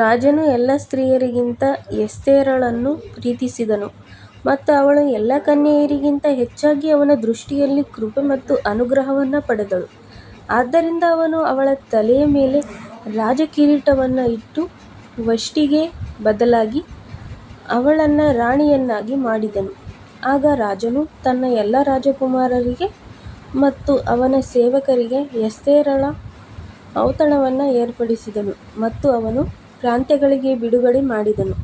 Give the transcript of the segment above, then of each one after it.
ರಾಜನು ಎಲ್ಲಾ ಸ್ತ್ರೀಯರಿಗಿಂತ ಎಸ್ತೇರಳನ್ನು ಪ್ರೀತಿಸಿದನು ಮತ್ತು ಅವಳು ಎಲ್ಲಾ ಕನ್ಯೆಯರಿಗಿಂತ ಹೆಚ್ಚಾಗಿ ಅವನ ದೃಷ್ಟಿಯಲ್ಲಿ ಕೃಪೆ ಮತ್ತು ಅನುಗ್ರಹವನ್ನು ಪಡೆದಳು, ಆದ್ದರಿಂದ ಅವನು ಅವಳ ತಲೆಯ ಮೇಲೆ ರಾಜಕಿರೀಟವನ್ನು ಇಟ್ಟು ವಷ್ಟಿಗೆ ಬದಲಾಗಿ ಅವಳನ್ನು ರಾಣಿಯನ್ನಾಗಿ ಮಾಡಿದನು. ಆಗ ರಾಜನು ತನ್ನ ಎಲ್ಲಾ ರಾಜಕುಮಾರರಿಗೆ ಮತ್ತು ಅವನ ಸೇವಕರಿಗೆ ಎಸ್ತೇರಳ ಔತಣವನ್ನು ಏರ್ಪಡಿಸಿದನು ಮತ್ತು ಅವನು ಪ್ರಾಂತ್ಯಗಳಿಗೆ ಬಿಡುಗಡೆ ಮಾಡಿದನು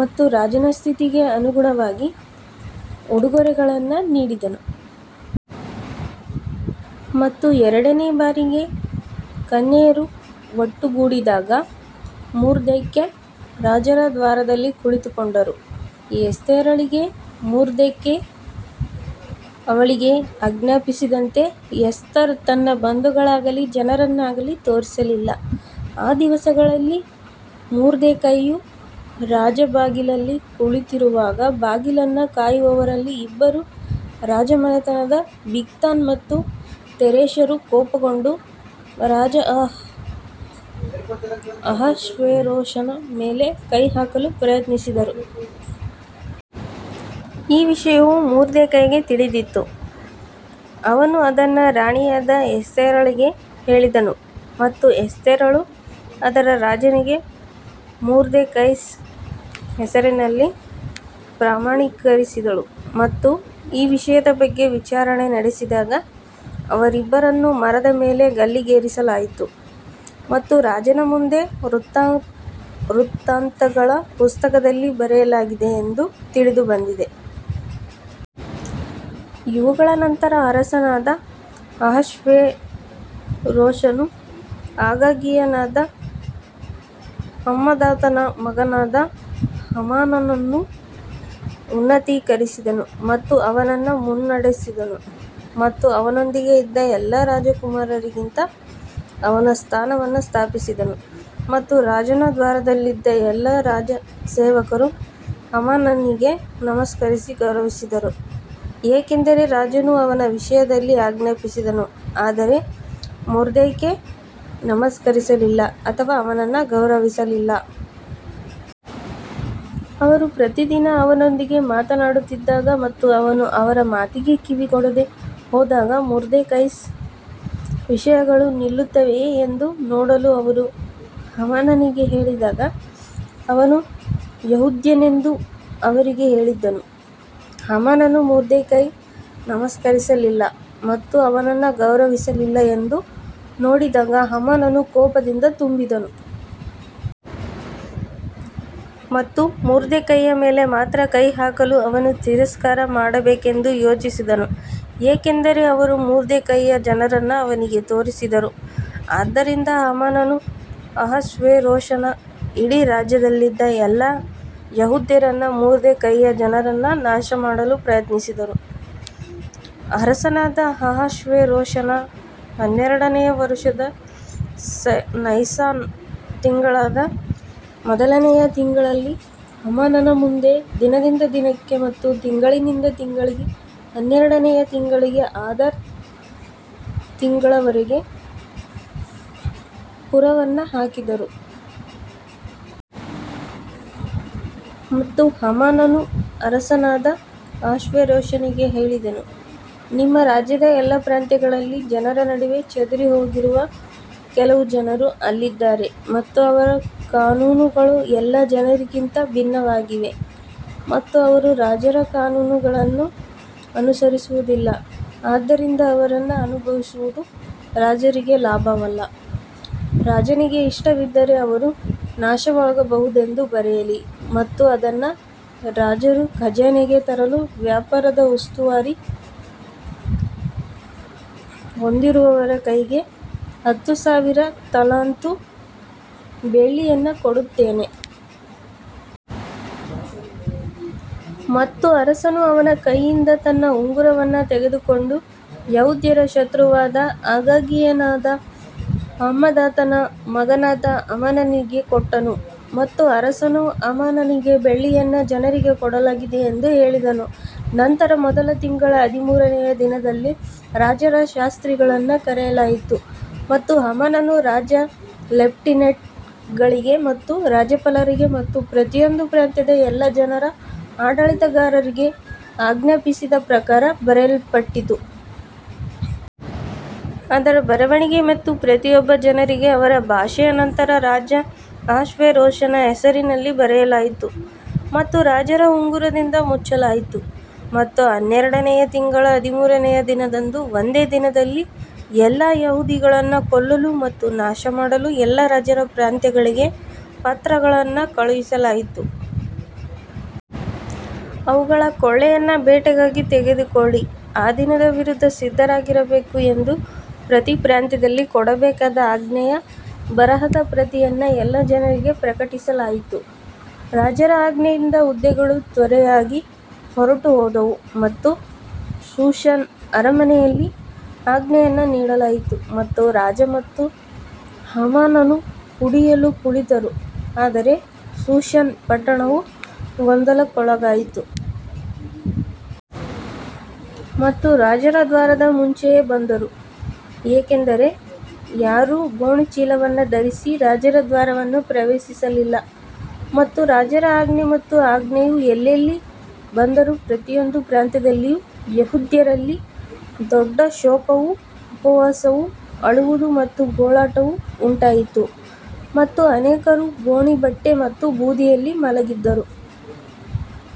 ಮತ್ತು ರಾಜನ ಸ್ಥಿತಿಗೆ ಅನುಗುಣವಾಗಿ ಉಡುಗೊರೆಗಳನ್ನು ನೀಡಿದನು. ಮತ್ತು ಎರಡನೇ ಬಾರಿಗೆ ಕನ್ಯೆಯರು ಒಟ್ಟುಗೂಡಿದಾಗ ಮೊರ್ದೆಕೈ ರಾಜರ ದ್ವಾರದಲ್ಲಿ ಕುಳಿತುಕೊಂಡರು. ಎಸ್ತೇರಳಿಗೆ ಮೊರ್ದೆಕೈ ಅವಳಿಗೆ ಆಜ್ಞಾಪಿಸಿದಂತೆ ಎಸ್ತರ್ ತನ್ನ ಬಂಧುಗಳಾಗಲಿ ಜನರನ್ನಾಗಲಿ ತೋರಿಸಲಿಲ್ಲ ಆ ದಿವಸಗಳಲ್ಲಿ ಮೊರ್ದೆಕೈಯು ರಾಜಬಾಗಿಲಲ್ಲಿ ಕುಳಿತಿರುವಾಗ ಬಾಗಿಲನ್ನು ಕಾಯುವವರಲ್ಲಿ ಇಬ್ಬರು ರಾಜಮನೆತನದ ಬಿಗ್ತಾನ್ ಮತ್ತು ತೆರೆಷರು ಕೋಪಗೊಂಡು ರಾಜ ಅಹಷ್ವೇರೋಷನ ಮೇಲೆ ಕೈ ಹಾಕಲು ಪ್ರಯತ್ನಿಸಿದರು. ಈ ವಿಷಯವು ಮೊರ್ದೆಕೈಗೆ ತಿಳಿದಿತ್ತು, ಅವನು ಅದನ್ನು ರಾಣಿಯಾದ ಎಸ್ತೇರಳಿಗೆ ಹೇಳಿದನು ಮತ್ತು ಎಸ್ತೇರಳು ಅದರ ರಾಜನಿಗೆ ಮೊರ್ದೆಕೈಸ್ ಹೆಸರಿನಲ್ಲಿ ಪ್ರಮಾಣೀಕರಿಸಿದಳು. ಮತ್ತು ಈ ವಿಷಯದ ಬಗ್ಗೆ ವಿಚಾರಣೆ ನಡೆಸಿದಾಗ, ಅವರಿಬ್ಬರನ್ನೂ ಮರದ ಮೇಲೆ ಗಲ್ಲಿಗೇರಿಸಲಾಯಿತು ಮತ್ತು ರಾಜನ ಮುಂದೆ ವೃತ್ತಾಂತಗಳ ಪುಸ್ತಕದಲ್ಲಿ ಬರೆಯಲಾಗಿದೆ ಎಂದು ತಿಳಿದುಬಂದಿದೆ. ಇವುಗಳ ನಂತರ ಅರಸನಾದ ಅಹಷ್ವೇರೋಷನು ಅಗಾಗೀಯನಾದ ಹಮ್ಮದಾತನ ಮಗನಾದ ಹಾಮಾನನನ್ನು ಉನ್ನತೀಕರಿಸಿದನು ಮತ್ತು ಅವನನ್ನು ಮುನ್ನಡೆಸಿದನು ಮತ್ತು ಅವನೊಂದಿಗೆ ಇದ್ದ ಎಲ್ಲಾ ರಾಜಕುಮಾರರಿಗಿಂತ ಅವನ ಸ್ಥಾನವನ್ನು ಸ್ಥಾಪಿಸಿದನು. ಮತ್ತು ರಾಜನ ದ್ವಾರದಲ್ಲಿದ್ದ ಎಲ್ಲಾ ರಾಜ ಸೇವಕರು ಹಾಮಾನನಿಗೆ ನಮಸ್ಕರಿಸಿ ಗೌರವಿಸಿದರು, ಏಕೆಂದರೆ ರಾಜನು ಅವನ ವಿಷಯದಲ್ಲಿ ಆಜ್ಞಾಪಿಸಿದನು ಆದರೆ ಮೊರ್ದೆಕೈ ನಮಸ್ಕರಿಸಲಿಲ್ಲ ಅಥವಾ ಅವನನ್ನು ಗೌರವಿಸಲಿಲ್ಲ. ಅವರು ಪ್ರತಿದಿನ ಅವನೊಂದಿಗೆ ಮಾತನಾಡುತ್ತಿದ್ದಾಗ ಮತ್ತು ಅವನು ಅವರ ಮಾತಿಗೆ ಕಿವಿಗೊಡದೆ ಹೋದಾಗ ಮೊರ್ದೆಕೈಸ್ ವಿಷಯಗಳು ನಿಲ್ಲುತ್ತವೆಯೇ ಎಂದು ನೋಡಲು ಅವರು ಹಾಮಾನನಿಗೆ ಹೇಳಿದಾಗ ಅವನು ಯೆಹೂದ್ಯನೆಂದು ಅವರಿಗೆ ಹೇಳಿದ್ದನು. ಹಾಮಾನನು ಮೊರ್ದೆಕೈ ನಮಸ್ಕರಿಸಲಿಲ್ಲ ಮತ್ತು ಅವನನ್ನು ಗೌರವಿಸಲಿಲ್ಲ ಎಂದು ನೋಡಿದಾಗ ಹಾಮಾನನು ಕೋಪದಿಂದ ತುಂಬಿದನು. ಮತ್ತು ಮೊರ್ದೆಕೈಯ ಮೇಲೆ ಮಾತ್ರ ಕೈ ಹಾಕಲು ಅವನು ತಿರಸ್ಕಾರ ಮಾಡಬೇಕೆಂದು ಯೋಚಿಸಿದನು, ಏಕೆಂದರೆ ಅವರು ಮೊರ್ದೆಕೈಯ ಜನರನ್ನು ಅವನಿಗೆ ತೋರಿಸಿದರು, ಆದ್ದರಿಂದ ಹಾಮಾನನು ಅಹಷ್ವೇರೋಷನ ಇಡೀ ರಾಜ್ಯದಲ್ಲಿದ್ದ ಎಲ್ಲಾ ಯೆಹೂದ್ಯರನ್ನು ಮೊರ್ದೆಕೈಯ ಜನರನ್ನು ನಾಶಮಾಡಲು ಪ್ರಯತ್ನಿಸಿದನು. ಅರಸನಾದ ಅಹಷ್ವೇರೋಷನ ಹನ್ನೆರಡನೆಯ ವರುಷದ ನೈಸಾನ್ ತಿಂಗಳಾದ ಮೊದಲನೆಯ ತಿಂಗಳಲ್ಲಿ ಹಾಮಾನನ ಮುಂದೆ ದಿನದಿಂದ ದಿನಕ್ಕೆ ಮತ್ತು ತಿಂಗಳಿನಿಂದ ತಿಂಗಳಿಗೆ ಹನ್ನೆರಡನೆಯ ತಿಂಗಳಿಗೆ ಅದಾರ್ ತಿಂಗಳವರೆಗೆ ಪುರವನ್ನು ಹಾಕಿದರು. ಮತ್ತು ಹಾಮಾನನು ಅರಸನಾದ ಅಹಷ್ವೇರೋಷನಿಗೆ ಹೇಳಿದನು, ನಿಮ್ಮ ರಾಜ್ಯದ ಎಲ್ಲಾ ಪ್ರಾಂತ್ಯಗಳಲ್ಲಿ ಜನರ ನಡುವೆ ಚದುರಿಹೋಗಿರುವ ಕೆಲವು ಜನರು ಅಲ್ಲಿದ್ದಾರೆ ಮತ್ತು ಅವರ ಕಾನೂನುಗಳು ಎಲ್ಲಾ ಜನರಿಗಿಂತ ಭಿನ್ನವಾಗಿವೆ ಮತ್ತು ಅವರು ರಾಜರ ಕಾನೂನುಗಳನ್ನು ಅನುಸರಿಸುವುದಿಲ್ಲ ಆದ್ದರಿಂದ ಅವರನ್ನು ಅನುಭವಿಸುವುದು ರಾಜರಿಗೆ ಲಾಭವಲ್ಲ. ರಾಜನಿಗೆ ಇಷ್ಟವಿದ್ದರೆ ಅವರು ನಾಶವಾಗಬಹುದೆಂದು ಬರೆಯಲಿ ಮತ್ತು ಅದನ್ನು ರಾಜರ ಖಜಾನೆಗೆ ತರಲು ವ್ಯಾಪಾರದ ಉಸ್ತುವಾರಿ ಹೊಂದಿರುವವರ ಕೈಗೆ ಹತ್ತು ಸಾವಿರ ತಲಾಂತು ಬೆಳ್ಳಿಯನ್ನು ಕೊಡುತ್ತೇನೆ. ಮತ್ತು ಅರಸನು ಅವನ ಕೈಯಿಂದ ತನ್ನ ಉಂಗುರವನ್ನು ತೆಗೆದುಕೊಂಡು ಯೆಹೂದ್ಯರ ಶತ್ರುವಾದ ಅಗಾಗೀಯನಾದ ಹಮ್ಮದಾತನ ಮಗನಾದ ಹಾಮಾನನಿಗೆ ಕೊಟ್ಟನು. ಮತ್ತು ಅರಸನು ಹಾಮಾನನಿಗೆ ಬೆಳ್ಳಿಯನ್ನು ಜನರಿಗೆ ಕೊಡಲಾಗಿದೆ ಎಂದು ಹೇಳಿದನು. ನಂತರ ಮೊದಲ ತಿಂಗಳ ಹದಿಮೂರನೆಯ ದಿನದಲ್ಲಿ ರಾಜರ ಶಾಸ್ತ್ರಿಗಳನ್ನು ಕರೆಯಲಾಯಿತು ಮತ್ತು ಹಾಮಾನನು ರಾಜ ಲೆಫ್ಟಿನೆಂಟ್ಗಳಿಗೆ ಮತ್ತು ರಾಜ್ಯಪಾಲರಿಗೆ ಮತ್ತು ಪ್ರತಿಯೊಂದು ಪ್ರಾಂತ್ಯದ ಎಲ್ಲಾ ಜನರ ಆಡಳಿತಗಾರರಿಗೆ ಆಜ್ಞಾಪಿಸಿದ ಪ್ರಕಾರ ಬರೆಯಲ್ಪಟ್ಟಿತು. ಅದರ ಬರವಣಿಗೆ ಮತ್ತು ಪ್ರತಿಯೊಬ್ಬ ಜನರಿಗೆ ಅವರ ಭಾಷೆಯ ನಂತರ ರಾಜ ಅಹಷ್ವೇರೋಷನ ಹೆಸರಿನಲ್ಲಿ ಬರೆಯಲಾಯಿತು ಮತ್ತು ರಾಜರ ಉಂಗುರದಿಂದ ಮುಚ್ಚಲಾಯಿತು ಮತ್ತು ಹನ್ನೆರಡನೆಯ ತಿಂಗಳ ಹದಿಮೂರನೆಯ ದಿನದಂದು ಒಂದೇ ದಿನದಲ್ಲಿ ಎಲ್ಲಾ ಯಹೂದಿಗಳನ್ನು ಕೊಲ್ಲಲು ಮತ್ತು ನಾಶಮಾಡಲು ಎಲ್ಲಾ ರಾಜರ ಪ್ರಾಂತ್ಯಗಳಿಗೆ ಪತ್ರಗಳನ್ನು ಕಳುಹಿಸಲಾಯಿತು. ಅವುಗಳ ಕೊಳ್ಳೆಯನ್ನು ಬೇಟೆಗಾಗಿ ತೆಗೆದುಕೊಳ್ಳಿ ಆ ದಿನದ ವಿರುದ್ಧ ಸಿದ್ಧರಾಗಿರಬೇಕು ಎಂದು ಪ್ರತಿ ಪ್ರಾಂತ್ಯದಲ್ಲಿ ಕೊಡಬೇಕಾದ ಆಜ್ಞೆಯ ಬರಹದ ಪ್ರತಿಯನ್ನು ಎಲ್ಲಾ ಜನರಿಗೆ ಪ್ರಕಟಿಸಲಾಯಿತು. ರಾಜರ ಆಜ್ಞೆಯಿಂದ ಹುದ್ದೆಗಳು ತ್ವರೆಯಾಗಿ ಹೊರಟುಹೋದವು ಮತ್ತು ಶೂಷನ್ ಅರಮನೆಯಲ್ಲಿ ಆಜ್ಞೆಯನ್ನು ನೀಡಲಾಯಿತು ಮತ್ತು ರಾಜ ಮತ್ತು ಹಾಮಾನನು ಕುಡಿಯಲು ಕುಳಿತರು ಆದರೆ ಶೂಷನ್ ಪಟ್ಟಣವು ಗೊಂದಲಕ್ಕೊಳಗಾಯಿತು. ಮತ್ತು ರಾಜರ ದ್ವಾರದ ಮುಂಚೆಯೇ ಬಂದರು, ಏಕೆಂದರೆ ಯಾರೂ ಗೋಣಿಚೀಲವನ್ನು ಧರಿಸಿ ರಾಜರ ದ್ವಾರವನ್ನು ಪ್ರವೇಶಿಸಲಿಲ್ಲ. ಮತ್ತು ರಾಜರ ಆಜ್ಞೆ ಮತ್ತು ಆಜ್ಞೆಯು ಎಲ್ಲೆಲ್ಲಿ ಬಂದರೂ ಪ್ರತಿಯೊಂದು ಪ್ರಾಂತ್ಯದಲ್ಲಿಯೂ ಯೆಹೂದ್ಯರಲ್ಲಿ ದೊಡ್ಡ ಶೋಕವೂ ಉಪವಾಸವೂ ಅಳುವುದು ಮತ್ತು ಗೋಳಾಟವೂ ಉಂಟಾಯಿತು ಮತ್ತು ಅನೇಕರು ಗೋಣೀ ಬಟ್ಟೆ ಮತ್ತು ಬೂದಿಯಲ್ಲಿ ಮಲಗಿದ್ದರು.